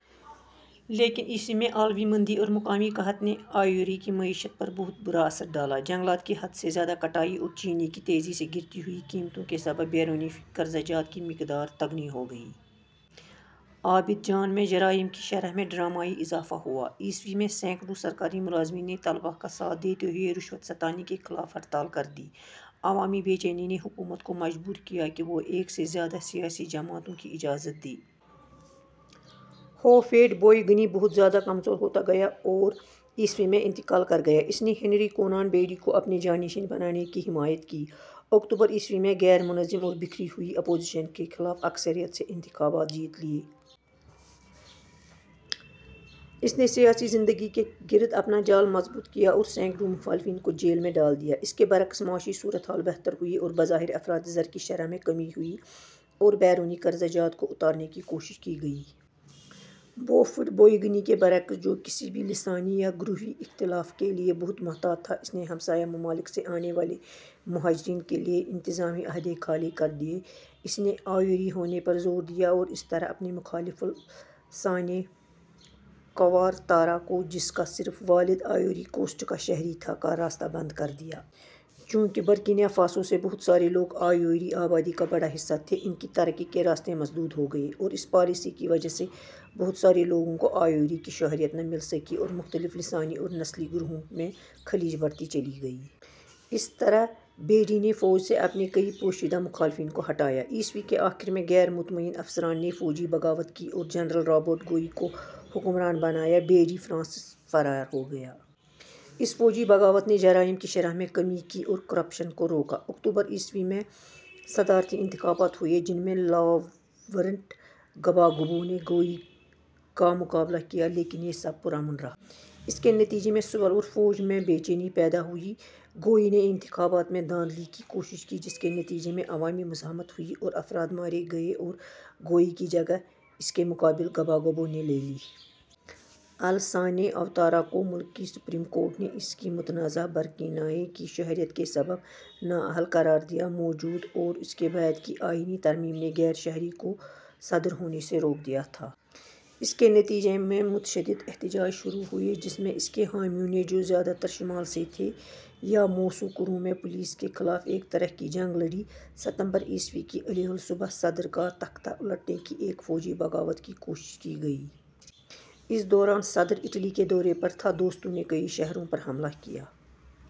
لیکن ء میں عالمی مندی اور مقامی قحط نے آئیوری کی معیشت پر بہت برا اثر ڈالا۔ جنگلات کی حد سے زیادہ کٹائی اور چینی کی تیزی سی گرتی ہوئی قیمتوں کے سبب بیرونی قرضہ جات کی مقدار تگنی ہو گئی۔ عابدجان میں جرائم کی شرح میں ڈرامائی اضافہ ہوا۔ ء میں سینکڑوں سرکاری ملازمین نے طلبہ کا ساتھ دیتے ہوئے رشوت ستانی کے خلاف ہڑتال کردی۔ عوامی بے چینی نے حکومت کو مجبور کیا کہ وہ ایک سے زیادہ سیاسی جماعتوں کی اجازت دے۔ ہوفویٹ-بوئیگنی بہت زیادہ کمزور ہوتا گیا اور ء میں انتقال کر گیا۔ اس نے ہنری کونان بیڈی کو اپنے جانشین بنانے کی حمایت کی۔ اکتوبر ء میں غیر منظم اور بکھری ہوئی اپوزیشن کے خلاف اکثریت سے انتخابات جیت لیے۔ اس نے سیاسی زندگی کے گرد اپنا جال مضبوط کیا اور سینکڑوں مخالفین کو جیل میں ڈال دیا۔ اس کے برعکس معاشی صورت حال بہتر ہوئی اور بظاہر افراط زر کی شرح میں کمی ہوئی اور بیرونی قرضہ جات کو اتارنے کی کوشش کی گئی۔ ہوفویٹ-بوئیگنی کے برعکس، جو کسی بھی لسانی یا گروہی اختلاف کے لیے بہت محتاط تھا، اس نے ہمسائیہ ممالک سے آنے والے مہاجرین کے لیے انتظامی عہدے خالی کر دیے۔ اس نے آئیوری ہونے پر زور دیا اور اس طرح اپنے مخالف الاسانے قوارتارا کو جس کا صرف والد آئیوری کوسٹ کا شہری تھا، کا راستہ بند کر دیا۔ چونکہ برکینا فاسو سے بہت سارے لوگ آئیوری آبادی کا بڑا حصہ تھے، ان کی ترقی کے راستے مسدود ہو گئے اور اس پالیسی کی وجہ سے بہت سارے لوگوں کو آئیوری کی شہریت نہ مل سکی اور مختلف لسانی اور نسلی گروہوں میں خلیج بڑھتی چلی گئی۔ اسی طرح بیڈی نے فوج سے اپنے کئی پوشیدہ مخالفین کو ہٹایا۔ ء کے آخر میں غیر مطمئن افسران نے فوجی بغاوت کی اور جنرل رابرٹ گوئی کو حکمران بنایا۔ بیڈی فرانس فرار ہو گیا۔ اس فوجی بغاوت نے جرائم کی شرح میں کمی کی اور کرپشن کو روکا۔ اکتوبر ء میں صدارتی انتخابات ہوئے جن میں لاورنٹ گباگبو نے گوئی کا مقابلہ کیا لیکن یہ سب پرامن رہا۔ اس کے نتیجے میں سول اور فوج میں بے چینی پیدا ہوئی۔ گوئی نے انتخابات میں دھاندلی کی کوشش کی جس کے نتیجے میں عوامی مزاحمت ہوئی اور افراد مارے گئے اور گوئی کی جگہ اس کے مقابل گباگبو نے لے لی۔ الاسانے اواتارا کو ملکی سپریم کورٹ نے اس کی متنازع برکینابے کی شہریت کے سبب نااہل قرار دیا۔ موجود اور اس کے بعد کی آئینی ترامیم نے غیر شہری کو صدر ہونے سے روک دیا تھا۔ اس کے نتیجے میں متشدد احتجاج شروع ہوئے جس میں اس کے حامیوں نے جو زیادہ تر شمال سے تھے، یاموسوکرو میں پولیس کے خلاف ایک طرح کی جنگ لڑی۔ ستمبر ء کی علی الصبح صدر کا تختہ الٹنے کی ایک فوجی بغاوت کی کوشش کی گئی۔ اس دوران صدر اٹلی کے دورے پر تھا۔ دستوں نے کئی شہروں پر حملہ کیا۔